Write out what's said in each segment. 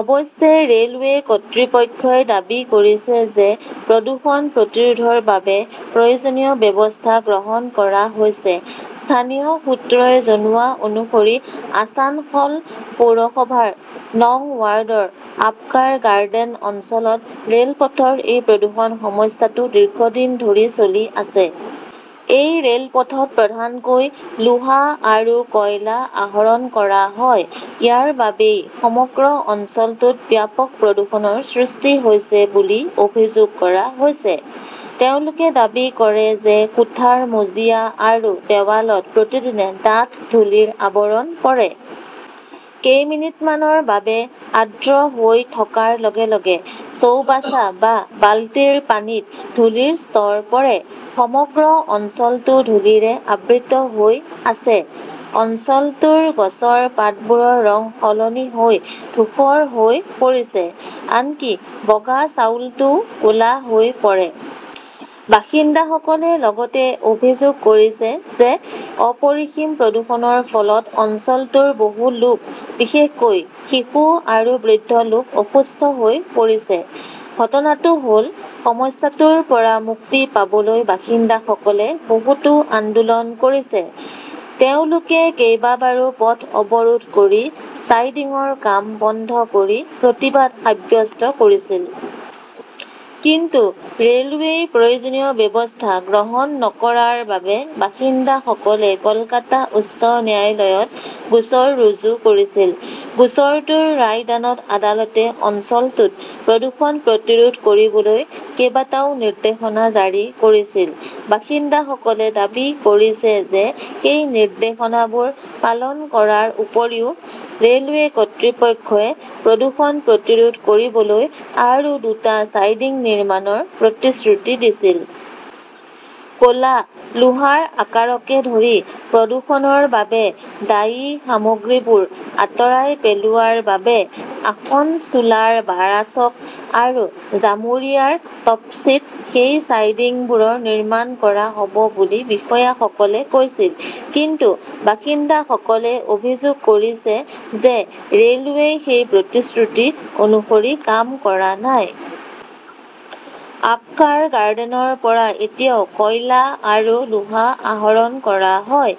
অৱশ্যে, ৰেলৱে কৰ্তৃপক্ষই দাবী কৰিছে যে প্ৰদূষণ প্ৰতিৰোধৰ বাবে প্ৰয়োজনীয় ব্যৱস্থা গ্ৰহণ কৰা হৈছে। স্থানীয় সূত্ৰই জনোৱা অনুসৰি আছানসল পৌৰসভাৰ নং ৱাৰ্ডৰ আপকাৰ গাৰ্ডেন অঞ্চলত ৰেল পথৰ এই প্ৰদূষণ-সমস্যাটো দীৰ্ঘদিন ধৰি চলি আছে। এই ৰেলপথত প্ৰধানকৈ লোহা আৰু কয়লা আহৰণ কৰা হয়। ইয়াৰ বাবেই সমগ্ৰ অঞ্চলটোত ব্যাপক প্ৰদূষণৰ সৃষ্টি হৈছে বুলি অভিযোগ কৰা হৈছে। তেওঁলোকে দাবী কৰে যে কোঠাৰ মজিয়া আৰু দেৱালত প্ৰতিদিনে ডাঠ ধূলিৰ আৱৰণ পৰে। কেইমিনিটমানৰ বাবে আৰ্দ্ৰ হৈ থকাৰ লগে লগে চৌবাচা বা বালতিৰ পানীত ধূলিৰ স্তৰ পৰে। সমগ্ৰ অঞ্চলটো ধূলিৰে আবৃত হৈ আছে। অঞ্চলটোৰ গছৰ পাতবোৰৰ ৰং সলনি হৈ ধূসৰ হৈ পৰিছে। আনকি বগা চাউলটোও ক'লা হৈ পৰে। বাসিন্দাসকলে লগতে অভিযোগ কৰিছে যে অপৰিসীম প্ৰদূষণৰ ফলত অঞ্চলটোৰ বহু লোক, বিশেষকৈ শিশু আৰু বৃদ্ধ লোক অসুস্থ হৈ পৰিছে। ঘটনাটো হ'ল, সমস্যাটোৰ পৰা মুক্তি পাবলৈ বাসিন্দাসকলে বহুতো আন্দোলন কৰিছে। তেওঁলোকে কেইবাবাৰো পথ অৱৰোধ কৰি চাইডিংৰ কাম বন্ধ কৰি প্ৰতিবাদ সাব্যস্ত কৰিছিল। কিন্তু ৰেলৱেই প্ৰয়োজনীয় ব্যৱস্থা গ্ৰহণ নকৰাৰ বাবে বাসিন্দাসকলে কলকাতা উচ্চ ন্যায়ালয়ত গোচৰ ৰুজু কৰিছিল। গোচৰটোৰ ৰায়দানত আদালতে অঞ্চলটোত প্ৰদূষণ প্ৰতিৰোধ কৰিবলৈ কেইবাটাও নিৰ্দেশনা জাৰি কৰিছিল। বাসিন্দাসকলে দাবী কৰিছে যে সেই নিৰ্দেশনাবোৰ পালন কৰাৰ উপৰিও ৰেলৱে কৰ্তৃপক্ষই প্ৰদূষণ প্ৰতিৰোধ কৰিবলৈ আৰু দুটা চাইডিং নিৰ্মাণৰ প্ৰতিশ্ৰুতি দিছিল। ক'লা, লোহাৰ আকৰককে ধৰি প্ৰদূষণৰ বাবে দায়ী সামগ্ৰীবোৰ আঁতৰাই পেলোৱাৰ বাবে আসানছোলৰ বাৰাচাক আৰু জামুৰিয়াৰ তপচীত সেই চাইডিংবোৰ নিৰ্মাণ কৰা হ ব বুলি বিষয়াসকলে কৈছিল। কিন্তু বাসিন্দাসকলে অভিযোগ কৰিছে যে ৰেলৱেই সেই প্ৰতিশ্ৰুতি অনুসৰি কাম কৰা নাই। আপকাৰ গাৰ্ডেনৰ পৰা এতিয়াও কয়লা আৰু লোহা আহৰণ কৰা হয়।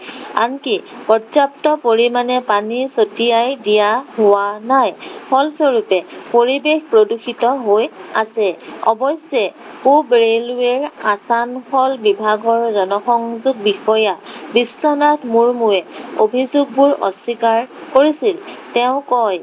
আনকি পৰ্যাপ্ত পৰিমাণে পানী ছটিয়াই দিয়া হোৱা নাই। ফলস্বৰূপে, পৰিৱেশ প্ৰদূষিত হৈ আছে। অৱশ্যে, পূব ৰেলৱেৰ আছানসল বিভাগৰ জনসংযোগ বিষয়া বিশ্বনাথ মুৰ্মুৱে অভিযোগবোৰ অস্বীকাৰ কৰিছিল। তেওঁ কয়,